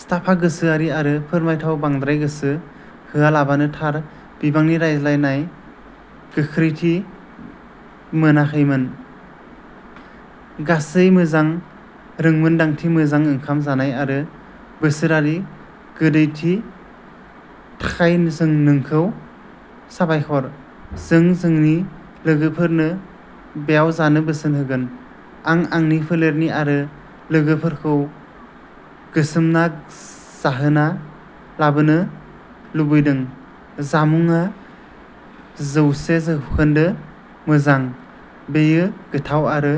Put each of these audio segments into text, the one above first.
स्टाफआ लोगोआरि आरो फोरमायथाव बांद्राय गोसो होआलाबानो थार बिबांनि रायज्लायनाय गोख्रैथि मोनाखैमोन। गासै मोजां रोंमोनदांथि, मोजां ओंखाम जानाय आरो बोसोरारि गोदैनि थाखाय नोंखौ साबायखर। जों जोंनि लोगोफोरनो बेयाव जानो बोसोन होगोन। आं आंनि फोलेरारि आरो लोगोफोरखौ गोसोम ना जाहोना लाबोनो लुबैदों, जामुंआ जौसे जौखोन्दो मोजां, बेयो गोथाव आरो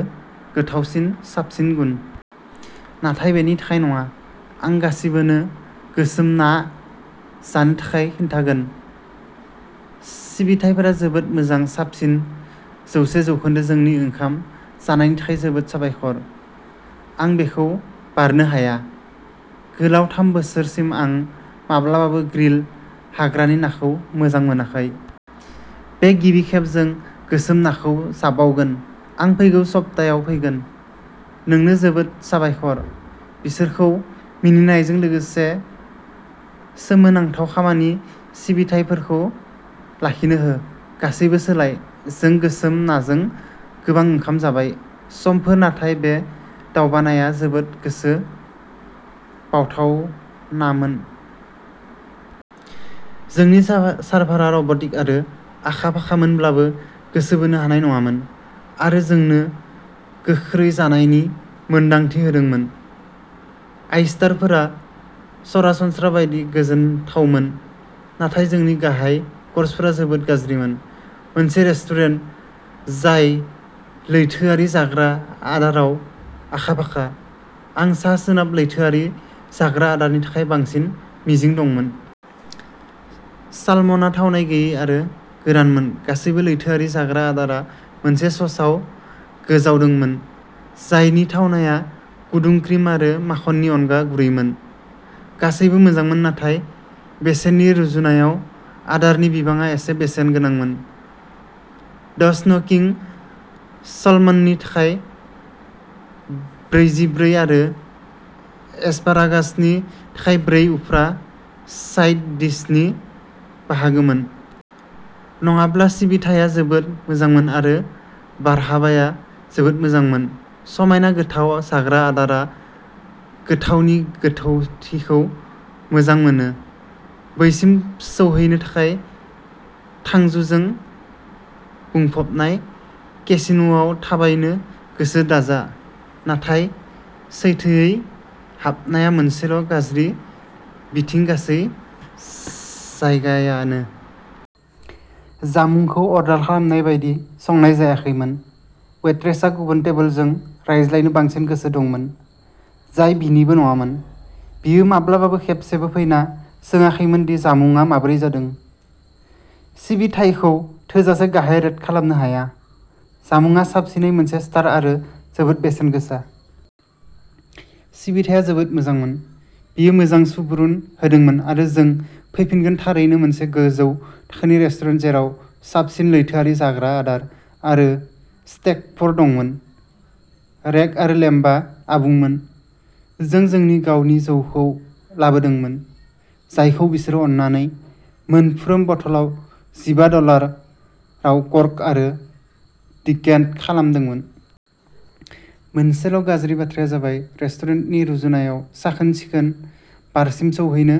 गोथावसिन साबसिन गुन। नाथाय बेनि थाखाय नङा, आं गासिबोनो गोसोम ना जानो थाखाय खिन्थागोन, सिबिथाइफोरा जोबोद मोजां साबसिन जौसे जौखोन्दो जोंनि ओंखाम जानायनि थाखाय जोबोद साबायखर, आं बेखौ बारनो हाया। गोलाव थाम बोसोरसिम आं माब्लाबाबो ग्रिल हाग्रानि नाखौ मोजां मोनाखै। बे गिबि खेब जों गोसोम नाखौ नाजावगोन, आं फैगौ सप्तायाव फैगोन। नोंनो जोबोद साबायखर, बिसोरखौ मिनिनायजों लोगोसे सोमोनांथाव खामानि सिबिथाइफोरखौ लाखिनो हो, गासैबो सोलाय। जों गोसोम नाजों गोबां ओंखाम जाबाय। समफोर नाथाय बे दावबायनाया जोबोद गोसो बायथावनामोन। जोंनि सार्भारआ रब'टिक आरो आखा-फाखामोनब्लाबो गोसो बोनो हानाय नङामोन आरो जोंनो गोख्रै जानायनि मोन्दांथि होदोंमोन। ऑयस्टारफोरा सरासनस्रा बायदि गोजोनथावमोन नाथाय जोंनि गाहाय क'र्सफोरा जोबोद गाज्रिमोन। मोनसे रेस्टुरेन्ट जाय लैथोआरि जाग्रा आदाराव आखा-फाखा, आं सा-सोनाब लैथोआरि जाग्रा आदारनि थाखाय बांसिन मिजिं दंमोन। सालमनआ थावनाय गैयै आरो गोरानमोन। गासैबो लैथोआरि जाग्रा आदारआ मोनसे ससआव गोजावदोंमोन, जायनि थावनाया गुदुं क्रिम आरो माखननि अनगा गुरैमोन। गासैबो मोजांमोन नाथाय बेसेननि रुजुनायाव आदारनि बिबाङा एसे बेसेन गोनांमोन, द' स्न' किंग सालमननि थाखाय ब्रैजिब्रै आरो एस्पारागासनि थाखाय ब्रै उफ्रा साइड डिशनि बाहागोमोन। नङाब्ला सिबिथाया जोबोद मोजांमोन आरो बारहावाया जोबोद मोजांमोन। समायना गोथाव जाग्रा आदारआ गोथावनि गोथौथिखौ मोजां मोनो। बैसिम सौहैनो थाखाय थांखुजों बुंफबनाय केसिनोआव थाबायनो गोसो दाजा, नाथाय सैथोयै हाबनाया मोनसेल' गाज्रि बिथिं गासै जायगायानो। जामुंखौ अर्डार खालामनाय बायदि संनाय जायाखैमोन। वेट्रेसआ गुबुन टेबोलजों रायज्लायनो बांसिन गोसो दंमोन, जाय बिनिबो नङामोन। बियो माब्लाबाबो खेबसेबो फैना सोङाखैमोन दि जामुंआ माबोरै जादों। सिबिथायखौ थोजासे गाहाय रेट खालामनो हाया। जामुंआ साबसिनै मोनसे स्टार आरो जोबोद बेसेन गोसा। सिबिथाया जोबोद मोजांमोन, बियो मोजां सुबुरुन होदोंमोन आरो जों फैफिनगोन थारैनो मोनसे गोजौ थाखोनि रेस्टुरेन्ट जेराव साबसिन लैथोआरि जाग्रा आदार आरो स्टेकफोर दंमोन। रेक अफ लेम्बआ आबुंमोन। जों जोंनि गावनि जौखौ लाबोदोंमोन, जायखौ बिसोरो अननानै मोनफ्रोम बथलाव जिबा दलार आव कर्क आरो डिकेनट खालामदोंमोन। मोनसेल' गाज्रि बाथ्राया जाबाय रेस्टुरेन्टनि रुजुनायाव साखोन-सिखोन बारसिम सौहैनो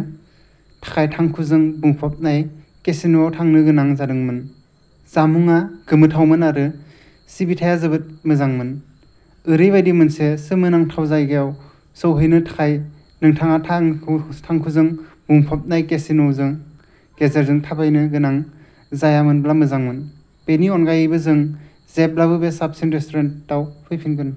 थाखाय थांखुजों बुंफबनाय केसिनोआव थांनो गोनां जादोंमोन। जामुंआ गोमोथावमोन आरो सिबिथाया जोबोद मोजांमोन। ओरैबायदि मोनसे सोमोनांथाव जायगायाव सौहैनो थाखाय नोंथाङा थांखुजों बुंफबनाय केसिनोनि गेजेरजों थाबायनो गोनां जायामोनब्ला मोजांमोन। बेनि अनगायैबो, जों जेब्लाबो बे साबसिन रेस्टुरेन्टाव फैफिनगोन।